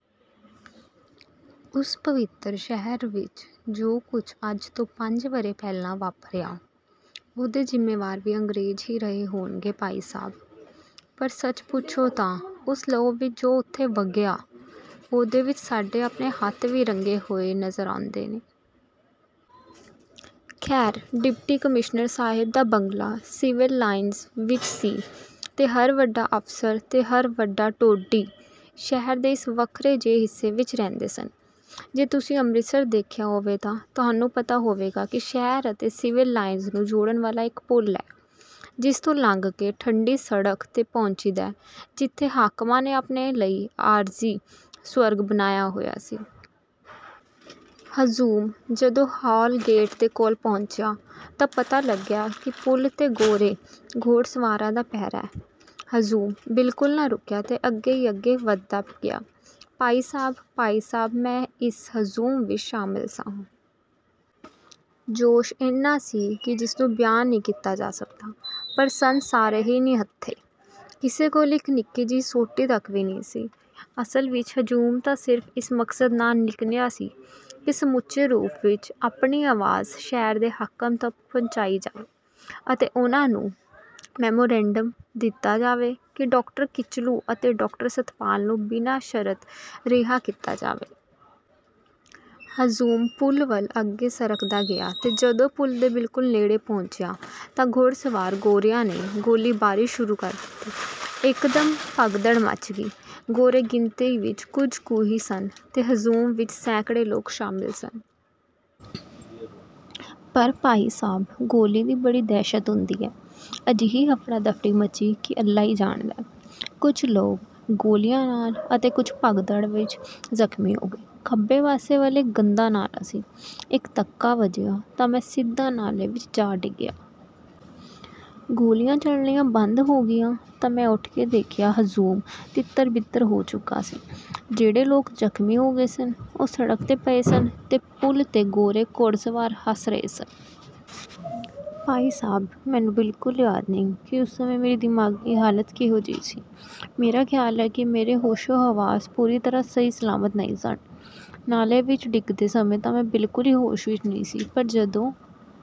ਉਸ ਪਵਿੱਤਰ ਸ਼ਹਿਰ ਵਿੱਚ ਜੋ ਕੁਝ ਅੱਜ ਤੋਂ ਪੰਜ ਵਰ੍ਹੇ ਪਹਿਲਾਂ ਵਾਪਰਿਆ, ਉਹਦੇ ਜ਼ਿੰਮੇਵਾਰ ਵੀ ਅੰਗਰੇਜ਼ ਹੀ ਰਹੇ ਹੋਣਗੇ ਭਾਈ ਸਾਹਿਬ। ਪਰ ਸੱਚ ਪੁੱਛੋ ਤਾਂ ਉਸ ਲਹੂ ਵਿੱਚ ਜੋ ਉੱਥੇ ਵਗਿਆ, ਉਹਦੇ ਵਿੱਚ ਸਾਡੇ ਆਪਣੇ ਹੱਥ ਵੀ ਰੰਗੇ ਹੋਏ ਨਜ਼ਰ ਆਉਂਦੇ ਨੇ। ਖੈਰ, ਡਿਪਟੀ ਕਮਿਸ਼ਨਰ ਸਾਹਿਬ ਦਾ ਬੰਗਲਾ ਸਿਵਲ ਲਾਈਨਜ਼ ਵਿੱਚ ਸੀ ਤੇ ਹਰ ਵੱਡਾ ਅਫ਼ਸਰ ਤੇ ਹਰ ਵੱਡਾ ਟੋਡੀ ਸ਼ਹਿਰ ਦੇ ਇਸ ਵੱਖਰੇ ਜਿਹੇ ਹਿੱਸੇ ਵਿੱਚ ਰਹਿੰਦੇ ਸਨ। ਜੇ ਤੁਸੀਂ ਅੰਮ੍ਰਿਤਸਰ ਦੇਖਿਆ ਹੋਵੇ ਤਾਂ ਤੁਹਾਨੂੰ ਪਤਾ ਹੋਵੇਗਾ ਕਿ ਸ਼ਹਿਰ ਅਤੇ ਸਿਵਲ ਲਾਈਨਜ਼ ਨੂੰ ਜੋੜਨ ਵਾਲਾ ਇੱਕ ਪੁਲ ਹੈ, ਜਿਸ 'ਤੋਂ ਲੰਘ ਕੇ ਠੰਢੀ ਸੜਕ 'ਤੇ ਪਹੁੰਚੀਦਾ ਹੈ, ਜਿੱਥੇ ਹਾਕਮਾਂ ਨੇ ਆਪਣੇ ਲਈ ਆਰਜ਼ੀ ਸਵਰਗ ਬਣਾਇਆ ਹੋਇਆ ਸੀ। ਹਜੂਮ ਜਦੋਂ ਹਾਲ ਗੇਟ ਦੇ ਕੋਲ ਪਹੁੰਚਿਆ ਤਾਂ ਪਤਾ ਲੱਗਿਆ ਕਿ ਪੁਲ 'ਤੇ ਗੋਰੇ ਘੋੜਸਵਾਰਾਂ ਦਾ ਪਹਿਰਾ ਹੈ। ਹਜੂਮ ਬਿਲਕੁਲ ਨਾ ਰੁਕਿਆ ਤੇ ਅੱਗੇ ਹੀ ਅੱਗੇ ਵਧਦਾ ਗਿਆ। ਭਾਈ ਸਾਹਿਬ, ਭਾਈ ਸਾਹਿਬ ਮੈਂ ਇਸ ਹਜੂਮ ਵਿੱਚ ਸ਼ਾਮਲ ਸਾਂ। ਜੋਸ਼ ਏਨਾ ਸੀ ਕਿ ਜਿਸਨੂੰ ਬਿਆਨ ਨਹੀਂ ਕੀਤਾ ਜਾ ਸਕਦਾ, ਪਰ ਸਨ ਸਾਰੇ ਹੀ ਨਿਹੱਥੇ। ਕਿਸੇ ਕੋਲ ਇੱਕ ਨਿੱਕੀ ਜਿਹੀ ਸੋਟੀ ਤੱਕ ਵੀ ਨਹੀਂ ਸੀ। ਅਸਲ ਵਿੱਚ ਹਜੂਮ ਤਾਂ ਸਿਰਫ਼ ਇਸ ਮਕਸਦ ਨਾਲ ਨਿਕਲਿਆ ਸੀ ਕਿ ਸਮੁੱਚੇ ਰੂਪ ਵਿੱਚ ਆਪਣੀ ਆਵਾਜ਼ ਸ਼ਹਿਰ ਦੇ ਹਾਕਮ ਤੱਕ ਪਹੁੰਚਾਈ ਜਾਵੇ ਅਤੇ ਉਨ੍ਹਾਂ ਨੂੰ ਮੈਮੋਰੰਡਮ ਦਿੱਤਾ ਜਾਵੇ ਕਿ ਡਾਕਟਰ ਕਿਚਲੂ ਅਤੇ ਡਾਕਟਰ ਸੱਤਪਾਲ ਨੂੰ ਬਿਨਾਂ ਸ਼ਰਤ ਰਿਹਾ ਕੀਤਾ ਜਾਵੇ। ਹਜੂਮ ਪੁਲ ਵੱਲ ਅੱਗੇ ਸਰਕਦਾ ਗਿਆ ਤੇ ਜਦੋਂ ਪੁਲ ਦੇ ਬਿਲਕੁਲ ਨੇੜੇ ਪਹੁੰਚਿਆ ਤਾਂ ਘੋੜਸਵਾਰ ਗੋਰਿਆਂ ਨੇ ਗੋਲੀਬਾਰੀ ਸ਼ੁਰੂ ਕਰ ਦਿੱਤੀ। ਇੱਕਦਮ ਭਗਦੜ ਮੱਚ ਗਈ। ਗੋਰੇ ਗਿਣਤੀ ਵਿੱਚ ਕੁਝ ਕੁ ਹੀ ਸਨ ਤੇ ਹਜੂਮ ਵਿੱਚ ਸੈਂਕੜੇ ਲੋਕ ਸ਼ਾਮਲ ਸਨ। ਪਰ ਭਾਈ ਸਾਹਿਬ ਗੋਲੀ ਦੀ ਬੜੀ ਦਹਿਸ਼ਤ ਹੁੰਦੀ ਹੈ। ਅਜਿਹੀ ਹਫੜਾ-ਦਫੜੀ ਮੱਚੀ ਕਿ ਅੱਲ੍ਹਾ ਹੀ ਜਾਣਦਾ ਹੈ। ਕੁਝ ਲੋਕ ਗੋਲੀਆਂ ਨਾਲ ਅਤੇ ਕੁਝ ਭਗਦੜ ਵਿੱਚ ਜ਼ਖ਼ਮੀ ਹੋ ਗਏ। ਖੱਬੇ ਪਾਸੇ ਵੱਲ ਇੱਕ ਗੰਦਾ ਨਾਲਾ ਸੀ; ਇੱਕ ਧੱਕਾ ਵੱਜਿਆ ਤਾਂ ਮੈਂ ਸਿੱਧਾ ਨਾਲੇ ਵਿੱਚ ਜਾ ਡਿੱਗਿਆ। ਗੋਲੀਆਂ ਚਲਣੀਆਂ ਬੰਦ ਹੋ ਗਈਆਂ ਤਾਂ ਮੈਂ ਉੱਠ ਕੇ ਦੇਖਿਆ ਹਜੂਮ ਤਿੱਤਰ-ਬਿੱਤਰ ਹੋ ਚੁੱਕਾ ਸੀ। ਜਿਹੜੇ ਲੋਕ ਜ਼ਖ਼ਮੀ ਹੋ ਗਏ ਸਨ, ਉਹ ਸੜਕ 'ਤੇ ਪਏ ਸਨ ਤੇ ਪੁਲ 'ਤੇ ਗੋਰੇ ਘੋੜਸਵਾਰ ਹੱਸ ਰਹੇ ਸਨ। ਭਾਈ ਸਾਹਿਬ ਮੈਨੂੰ ਬਿਲਕੁਲ ਯਾਦ ਨਹੀਂ ਕਿ ਉਸ ਸਮੇਂ ਮੇਰੀ ਦਿਮਾਗ਼ੀ ਹਾਲਤ ਕਿਹੋ ਜਿਹੀ ਸੀ। ਮੇਰਾ ਖਿਆਲ ਹੈ ਕਿ ਮੇਰੇ ਹੋਸ਼ੋ-ਹਵਾਸ ਪੂਰੀ ਤਰ੍ਹਾਂ ਸਹੀ ਸਲਾਮਤ ਨਹੀਂ ਸਨ। ਨਾਲੇ ਵਿੱਚ ਡਿੱਗਦੇ ਸਮੇਂ ਤਾਂ ਮੈਂ ਬਿਲਕੁਲ ਹੀ ਹੋਸ਼ ਵਿੱਚ ਨਹੀਂ ਸੀ। ਪਰ ਜਦੋਂ